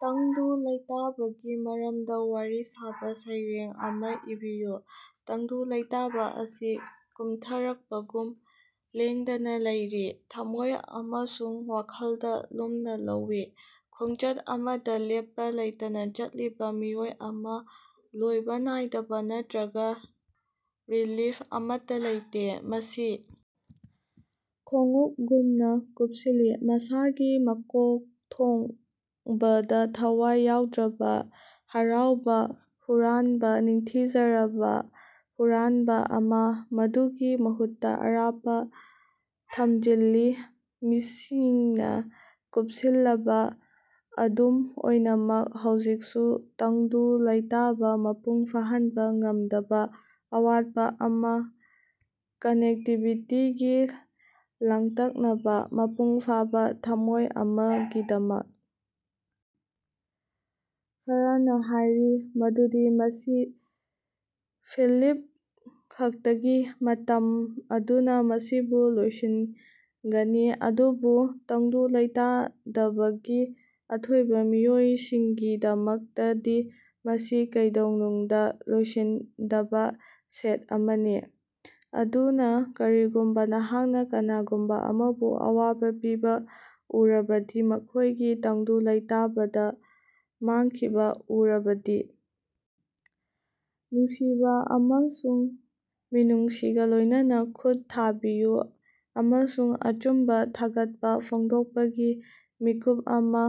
ꯇꯪꯗꯨ ꯂꯩꯇꯥꯕꯒꯤ ꯃꯔꯝꯗ ꯋꯥꯔꯤ ꯁꯥꯕ ꯁꯩꯔꯦꯡ ꯑꯃꯥ ꯏꯕꯤꯌꯨ꯫ ꯇꯪꯗꯨ ꯂꯩꯇꯥꯕ ꯑꯁꯤ ꯀꯨꯝꯊꯔꯛꯄꯒꯨꯝ ꯂꯦꯡꯗꯅꯥ ꯂꯩꯔꯤ, ꯊꯝꯃꯣꯏ ꯑꯃꯁꯨꯡ ꯋꯥꯈꯜꯗ ꯂꯨꯝꯅ ꯂꯧꯏ, ꯈꯣꯡꯆꯠ ꯑꯃꯗ ꯂꯦꯞꯄ ꯂꯩꯇꯅ ꯆꯠꯂꯤꯕ ꯃꯤꯑꯣꯏ ꯑꯃ, ꯂꯣꯏꯕ ꯅꯥꯏꯗꯕ ꯅꯠꯇ꯭ꯔꯒ ꯔꯤꯂꯤꯐ ꯑꯃꯠꯇ ꯂꯩꯇꯦ꯫ ꯃꯁꯤ ꯈꯣꯡꯎꯞꯒꯨꯝꯅ ꯀꯨꯞꯁꯤꯜꯂꯤ, ꯃꯁꯥꯒꯤ ꯃꯀꯣꯛꯊꯣꯡꯕꯗ ꯊꯋꯥꯏ ꯌꯥꯎꯗ꯭ꯔꯕ, ꯍꯔꯥꯎꯕ ꯍꯨꯔꯥꯟꯕ ꯅꯤꯡꯊꯤꯖꯔꯕ ꯍꯨꯔꯥꯟꯕ ꯑꯃ, ꯃꯗꯨꯒꯤ ꯃꯍꯨꯠꯇ ꯑꯔꯥꯞꯄ ꯊꯝꯖꯤꯜꯂꯤ꯫ ꯃꯤꯁꯤꯡꯅ ꯀꯨꯞꯁꯤꯜꯂꯕ, ꯑꯗꯨꯝ ꯑꯣꯏꯅꯃꯛ ꯍꯧꯖꯤꯛꯁꯨ ꯇꯪꯗꯨ ꯂꯩꯇꯥꯕ, ꯃꯄꯨꯡ ꯐꯥꯍꯟꯕ ꯉꯝꯗꯕ ꯑꯋꯥꯠꯄ ꯑꯃꯥ, ꯀꯅꯦꯛꯇꯤꯕꯤꯇꯤꯒꯤ ꯂꯥꯡꯇꯛꯅꯕꯥ, ꯃꯄꯨꯡ ꯐꯥꯕꯥ ꯊꯝꯃꯣꯏ ꯑꯃꯒꯤꯗꯃꯛ꯫ ꯈꯔꯅꯥ ꯍꯥꯏꯔꯤ ꯃꯗꯨꯗꯤ ꯃꯁꯤ ꯐꯤꯜꯂꯤꯡ ꯈꯛꯇꯅꯤ, ꯃꯇꯝ ꯑꯗꯨꯅ ꯃꯁꯤꯕꯨ ꯂꯣꯏꯁꯤꯟꯒꯅꯤ, ꯑꯗꯨꯕꯨ ꯇꯪꯗꯨ ꯂꯩꯇꯥꯗꯕꯒꯤ ꯑꯊꯣꯏꯕ ꯃꯤꯑꯣꯏꯁꯤꯡꯒꯤꯗꯃꯛꯇꯗꯤ ꯃꯁꯤ ꯀꯩꯗꯧꯅꯨꯡꯗ ꯂꯣꯏꯁꯤꯟꯗꯕ ꯁ‌ꯦꯠ ꯑꯃꯅꯤ꯫ ꯑꯗꯨꯅ ꯀꯔꯤꯒꯨꯝꯕ ꯅꯍꯥꯛꯅ ꯀꯅꯥꯒꯨꯝꯕ ꯑꯃꯕꯨ ꯑꯋꯥꯕ ꯄꯤꯕ ꯎꯔꯕꯗꯤ, ꯃꯈꯣꯏꯒꯤ ꯇꯪꯗꯨ ꯂꯩꯇꯥꯕꯗ ꯃꯥꯡꯈꯤꯕ ꯎꯔꯕꯗꯤ, ꯅꯨꯡꯁꯤꯕ ꯑꯃꯁꯨꯡ ꯃꯤꯅꯨꯡꯁꯤꯒ ꯂꯣꯏꯅꯅꯥ ꯈꯨꯠ ꯊꯥꯕꯤꯌꯨ, ꯑꯃꯁꯨꯡ ꯑꯆꯨꯝꯕ ꯊꯥꯒꯠꯄ ꯐꯣꯡꯗꯣꯛꯄꯒꯤ ꯃꯤꯀꯨꯞ ꯑꯃ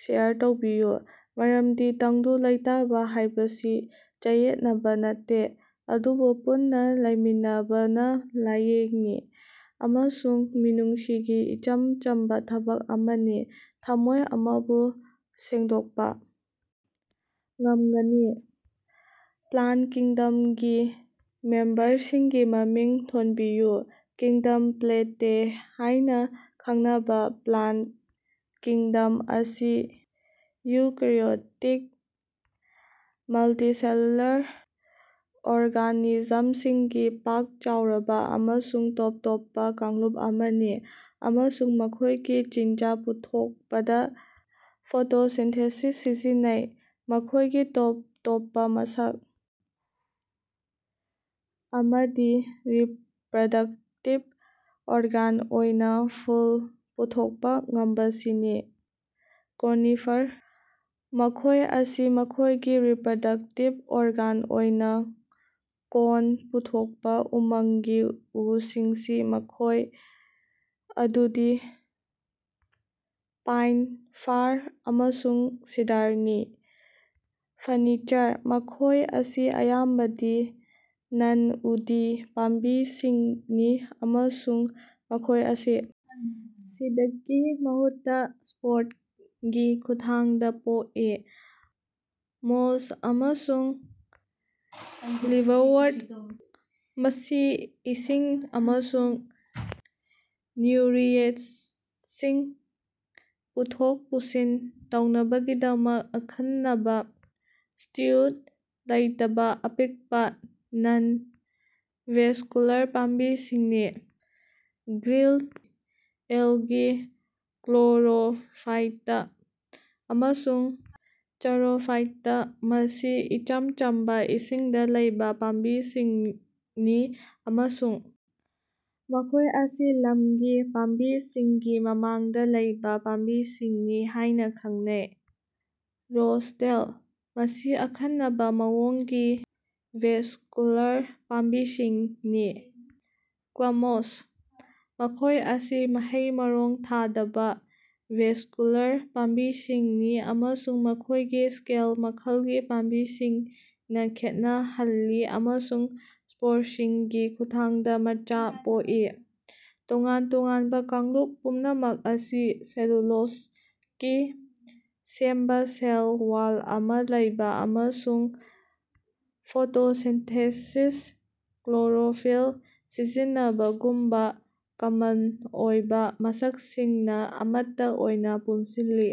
ꯁꯦꯌꯔ ꯇꯧꯕꯤꯌꯨ꯫ ꯃꯔꯝꯗꯤ ꯇꯪꯗꯨ ꯂꯩꯇꯥꯕ ꯍꯥꯏꯕꯁꯤ ꯆꯌꯦꯠꯅꯕꯥ ꯅꯠꯇꯦ, ꯑꯗꯨꯕꯨ ꯄꯨꯟꯅ ꯂꯩꯃꯤꯟꯅꯕꯅ ꯂꯥꯌꯦꯡꯅꯤ, ꯑꯃꯁꯨꯡ ꯃꯤꯅꯨꯡꯁꯤꯒꯤ ꯏꯆꯝ ꯆꯝꯕ ꯊꯕꯛ ꯑꯃꯅꯤ, ꯊꯝꯃꯣꯏ ꯑꯃꯕꯨ ꯁꯦꯡꯗꯣꯛꯄ ꯉꯝꯒꯅꯤ꯫ ꯄ꯭ꯂꯥꯟ ꯀꯤꯡꯗꯝꯒꯤ ꯃꯦꯝꯕꯔꯁꯤꯡꯒꯤ ꯃꯃꯤꯡ ꯊꯣꯟꯕꯤꯌꯨ꯫ ꯀꯤꯡꯗꯝ ꯄ꯭ꯂꯥꯟꯇꯦ ꯍꯥꯏꯅꯥ ꯈꯪꯅꯕ ꯄ꯭ꯂꯥꯟ ꯀꯤꯡꯗꯝ ꯑꯁꯤ ꯏꯎꯀꯦꯔꯤꯑꯣꯇꯤꯛ, ꯃꯜꯇꯤꯁꯦꯂꯨꯂꯥꯔ ꯑꯣꯔꯒꯥꯅꯤꯖꯝꯁꯤꯡꯒꯤ ꯄꯥꯛ ꯆꯥꯎꯔꯕ ꯑꯃꯁꯨꯡ ꯇꯣꯞ ꯇꯣꯞꯄ ꯀꯥꯡꯂꯨꯞ ꯑꯃꯅꯤ ꯑꯃꯁꯨꯡ ꯃꯈꯣꯏꯒꯤ ꯆꯤꯟꯖꯥꯛ ꯄꯨꯊꯣꯛꯄꯗ ꯐꯣꯇꯣꯁꯤꯟꯊꯦꯁꯤꯁ ꯁꯤꯖꯤꯟꯅꯩ꯫ ꯃꯈꯣꯏꯒꯤ ꯇꯣꯞ ꯇꯣꯞꯄ ꯃꯁꯛ ꯑꯃꯗꯤ ꯔꯤꯄꯔꯗꯛꯇꯤꯚ ꯑꯣꯔꯒꯥꯟ ꯑꯣꯏꯅ ꯐꯨꯜ ꯄꯨꯊꯣꯛꯄ ꯉꯝꯕꯁꯤꯅꯤ꯫ ꯀꯣꯅꯤꯐꯔ: ꯃꯈꯣꯏ ꯑꯁꯤ ꯃꯈꯣꯏꯒꯤ ꯔꯤꯄꯔꯗꯛꯇꯤꯚ ꯑꯣꯔꯒꯥꯟ ꯑꯣꯏꯅ ꯀꯣꯟ ꯄꯨꯊꯣꯛꯄꯥ ꯎꯃꯪꯒꯤ ꯎꯁꯤꯡꯅꯤ, ꯃꯈꯣꯏ ꯑꯗꯨꯗꯤ ꯄꯥꯏꯟ, ꯐꯥꯔ, ꯑꯃꯁꯨꯡ ꯁꯤꯗꯥꯔꯅꯤ꯫ ꯐꯔꯅꯤꯆꯔ: ꯃꯈꯣꯏ ꯑꯁꯤ ꯑꯌꯥꯝꯕꯗꯤ ꯅꯟ-ꯎꯗꯤ ꯄꯥꯝꯕꯤꯁꯤꯡꯅꯤ ꯑꯃꯁꯨꯡ ꯃꯈꯣꯏ ꯑꯁꯤ ꯁꯤꯗꯀꯤ ꯃꯍꯨꯠꯇ, ꯁ꯭ꯄꯣꯔꯒꯤ ꯈꯨꯠꯊꯥꯡꯗ ꯄꯣꯛꯏ꯫ ꯃꯣꯁ ꯑꯃꯁꯨꯡ ꯂꯤꯚꯔꯋꯔꯠ: ꯃꯁꯤ ꯏꯁꯤꯡ ꯑꯃꯁꯨꯡ ꯅ꯭ꯌꯨꯠꯔꯤꯑꯦꯟꯇꯁꯤꯡ ꯄꯨꯊꯣꯛ ꯄꯨꯁꯤꯟ ꯇꯧꯅꯕꯒꯤꯗꯃꯛ ꯑꯈꯟꯅꯕꯥ ꯇꯤꯁ꯭ꯌꯨ ꯂꯩꯇꯕꯥ ꯑꯄꯤꯛꯄꯥ, ꯅꯟ-ꯚꯦꯁꯀꯨꯂꯥꯔ ꯄꯥꯝꯕꯤꯁꯤꯡꯅꯤ꯫ ꯒ꯭ꯔꯤꯟ ꯑꯦꯜꯒꯤ ꯀ꯭ꯂꯣꯔꯣꯐꯥꯏꯇꯥ ꯑꯃꯁꯨꯡ ꯆꯔꯣꯐꯥꯏꯇꯥ ꯃꯁꯤ ꯏꯆꯝ ꯆꯝꯕ, ꯏꯁꯤꯡꯗ ꯂꯩꯕ ꯄꯥꯝꯕꯤꯁꯤꯡꯅꯤ ꯑꯃꯁꯨꯡ ꯃꯈꯣꯏ ꯑꯁꯤ ꯂꯝꯒꯤ ꯄꯥꯝꯕꯤꯁꯤꯡꯒꯤ ꯃꯃꯥꯡꯗ ꯂꯩꯕꯥ ꯄꯥꯝꯕꯤꯁꯤꯡꯅꯤ ꯍꯥꯏꯅ ꯈꯟꯅꯩ꯫ ꯍꯣꯔꯁꯇꯦꯜ: ꯃꯁꯤ ꯑꯈꯟꯅꯕ ꯃꯑꯣꯡꯒꯤ ꯚꯦꯁꯀꯨꯂꯥꯔ ꯄꯥꯝꯕꯤꯁꯤꯡꯅꯤ꯫ ꯀ꯭ꯂꯕꯃꯣꯁ: ꯃꯈꯣꯏ ꯑꯁꯤ ꯃꯍꯩ-ꯃꯔꯣꯡ ꯊꯥꯗꯕ, ꯚꯦꯁꯀꯨꯂꯥꯔ ꯄꯥꯝꯕꯤꯁꯤꯡꯅꯤ ꯑꯃꯁꯨꯡ ꯃꯈꯣꯏꯒꯤ ꯁ꯭ꯀꯦꯜ ꯃꯈꯜꯒꯤ ꯄꯥꯝꯕꯤꯁꯤꯡꯅ ꯈꯦꯠꯅꯍꯜꯂꯤ ꯑꯃꯁꯨꯡ ꯁ꯭ꯄꯣꯔꯁꯤꯡꯒꯤ ꯈꯨꯠꯊꯥꯡꯗ ꯃꯆꯥ ꯄꯣꯛꯏ꯫ ꯇꯣꯉꯥꯟ ꯇꯣꯉꯥꯟꯕ ꯀꯥꯡꯂꯨꯞ ꯄꯨꯝꯅꯃꯛ ꯑꯁꯤ ꯁꯦꯂꯨꯂꯣꯖꯗꯒꯤ ꯁꯦꯝꯕ ꯁꯦꯜ ꯋꯥꯜ ꯑꯃꯥ ꯂꯩꯕ ꯑꯃꯁꯨꯡ ꯐꯣꯇꯣꯁꯤꯟꯊꯦꯁꯤꯁꯇ ꯀ꯭ꯂꯣꯔꯣꯐꯤꯜ ꯁꯤꯖꯤꯟꯅꯕꯒꯨꯝꯕ ꯀꯃꯟ ꯑꯣꯏꯕꯥ ꯃꯁꯛꯁꯤꯡꯅ ꯑꯃꯠꯇ ꯑꯣꯏꯅ ꯄꯨꯟꯁꯤꯜꯂꯤ꯫।